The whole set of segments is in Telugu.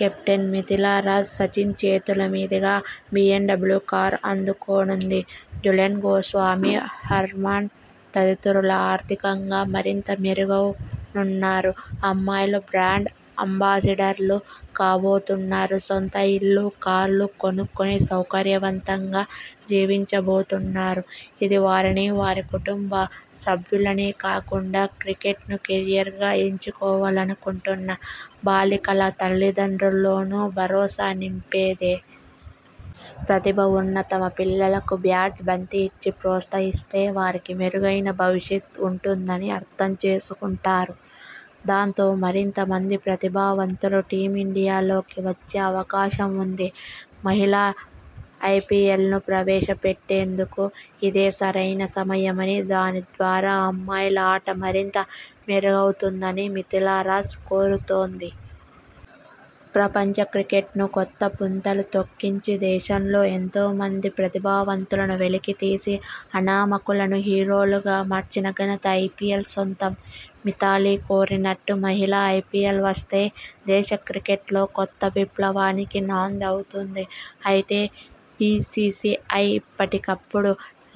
కెప్టెన్ మిథాలీరాజ్ సచిన్ చేతుల మీదుగా బీఎండబ్యూ కారు అందుకోనుంది. జులన్ గోస్వామి, హర్మన్ తదితరులు ఆర్థికంగా మరింత మెరుగవనున్నారు. అమ్మాయిలు బ్రాండ్ అంబాసిడర్లు కాబోతున్నారు. సొంత ఇళ్లు, కార్లు కొనుక్కొని సౌకర్యవంతంగా జీవించబోతున్నారు. ఇది వారిని, వారి కుటుంబ సభ్యులనే కాకుండా క్రికెట్ను కెరీర్గా ఎంచుకోవాలనుకుంటున్న బాలికల తల్లిదండ్రుల్లోనూ భరోసా నింపేదే. ప్రతిభ ఉన్న తమ పిల్లలకు బ్యాటు, బంతి ఇచ్చి ప్రోత్సహిస్తే వారికి మెరుగైన భవిష్యత్ ఉంటుందని అర్థం చేసుకుం టారు. దాంతో, మరింతమంది ప్రతిభావంతులు టీమిండియాలోకి వచ్చే అవకాశం ఉంది. మహిళా ఐపీఎల్ను ప్రవేశ పెట్టేందుకు ఇదే సరైన సమయమని, దాని ద్వారా అమ్మాయిల ఆట మరింత మెరుగవుతుందని మిథాలీ రాజ్ కోరుతోంది. ప్రపంచ క్రికెట్ను కొత్త పుంతలు తొక్కించి దేశంలో ఎంతో మంది ప్రతిభావంతులను వెలికితీసి అనామకులను హీరోలుగా మార్చిన ఘనత ఐపీఎల్ సొంతం. మిథాలీ కోరినట్టు మహి ళా ఐపీఎల్ వస్తే దేశ క్రికెట్లో కొత్త విప్లవానికి నాంది అవుతుంది. అయితే, బీసీసీఐ ఇప్పటికిప్పుడు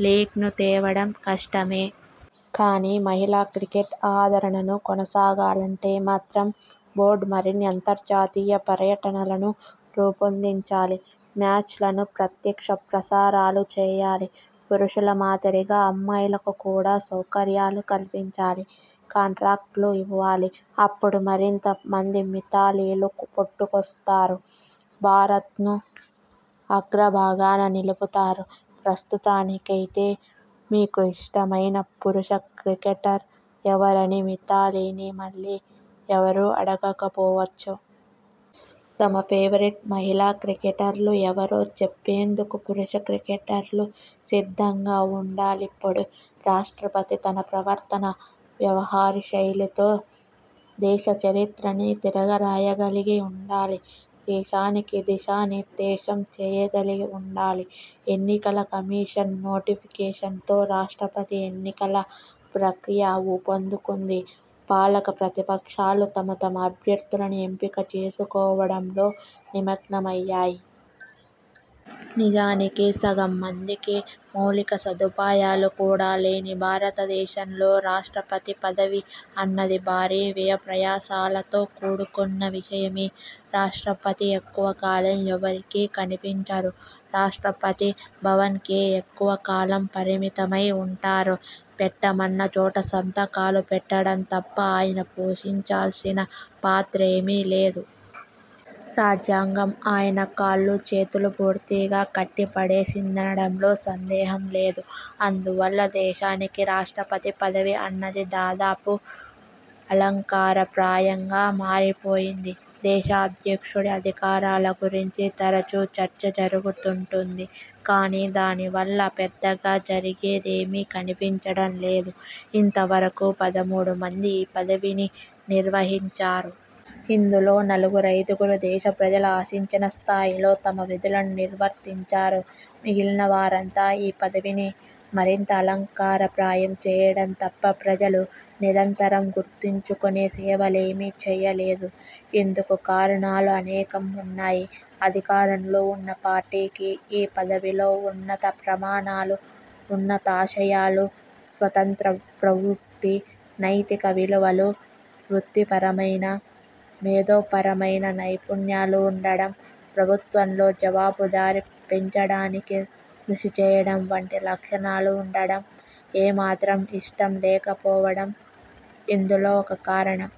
లీగ్ను తేవడం కష్టమే. కానీ, మహిళా క్రికెట్ ఆదరణను కొనసాగాలంటే మాత్రం బోర్డు మరిన్ని అంతర్జాతీయ పర్యటనలను రూపొందించాలి. మ్యాచ్లను ప్రత్యక్ష ప్రసారాలు చేయాలి. పురుషుల మాదిరిగా అమ్మాయిలకు కూడా సౌకర్యాలు కల్పించాలి. కాంట్రాక్టులు ఇవ్వాలి. అప్పుడు మరింత మంది మిథాలీలు పుట్టుకొస్తారు. భారత్ను అగ్రభాగాన నిలుపుతారు. ప్రస్తుతానికైతే మీకు ఇష్ట మైన పురుష క్రికెటర్ ఎవరని మిథాలీని మళ్లీ ఎవ రూ అడగకపోవచ్చు. తమ ఫేవరెట్ మహిళా క్రికెటర్లు ఎవరో చెప్పేందుకు పురుష క్రికెటర్లు సిద్ధంగా ఉండాలిప్పుడు! రాష్ట్రపతి తన ప్రవర్తన, వ్యవహారశైలితో దేశ చరిత్రనే తిరగరాయగలిగి ఉండాలి. దేశానికి దిశానిర్దేశం చేయగలిగి ఉండాలి. ఎన్నికల కమిషన్ నోటిఫికేషన్తో రాష్ట్రపతి ఎన్నికల ప్రక్రియ ఊపందుకుంది. పాలక, ప్రతిపక్షాలు తమ తమ అభ్యర్థులను ఎంపిక చేసుకోవడంలో నిమగ్నమయ్యాయి. నిజానికి, సగం మందికి మౌలిక సదుపాయాలు కూడా లేని భారతదేశంలో రాష్ట్రపతి పదవి అన్నది భారీ వ్యయప్రయాసలతో కూడుకున్న విషయమే. రాష్ట్రపతి ఎక్కువ కాలం ఎవరికీ కనిపించరు. రాష్ట్రపతి భవన్కే ఎక్కువ కాలం పరిమితమై ఉంటారు. పెట్టమన్న చోట సంతకాలు పెట్టడం తప్ప ఆయన పోషించాల్సిన పాత్రేమీ లేదు. రాజ్యాంగం ఆయన కాళ్లూ చేతులూ పూర్తిగా కట్టి పడేసిందనడంలో సందేహం లేదు. అందువల్ల దేశానికి రాష్ట్రపతి పదవి అన్నది దాదాపు అలంకారప్రాయంగా మారిపోయింది. దేశాధ్యక్షుడి అధికారాల గురించి తరచూ చర్చ జరుగుతుంటుంది కానీ, దాని వల్ల పెద్దగా ఒరిగేదేమీ కనిపించడం లేదు. ఇంతవరకూ పదమూడు మంది ఈ పదవిని నిర్వహించారు. ఇందులో నలుగురైదుగురే దేశ ప్రజలు ఆశించిన స్థాయిలో తమ విధులు నిర్వర్తించారు. మిగిలినవారంతా ఈ పదవిని మరింత అలంకారప్రాయం చేయడం తప్ప ప్రజలు నిరంతరం గుర్తుంచుకునే సేవలేమీ చేయలేదు. ఇందుకు కారణాలు అనేకం ఉన్నాయి. అధికారంలో ఉన్న పార్టీకి ఈ పదవిలో ఉన్నత ప్రమాణాలు, ఉన్నతాశయాలు, స్వతంత్ర ప్రవృత్తి, నైతిక విలువలు, వృత్తిపరమైన, మేధోపరమైన నైపుణ్యాలు ఉండడం, ప్రభుత్వంలో జవాబు దారీ పెంచడానికి కృషి చేయడం వంటి లక్షణాలు ఉండడం ఏమాత్రం ఇష్టం లేకపోవడం ఇందులో ఒక కారణం.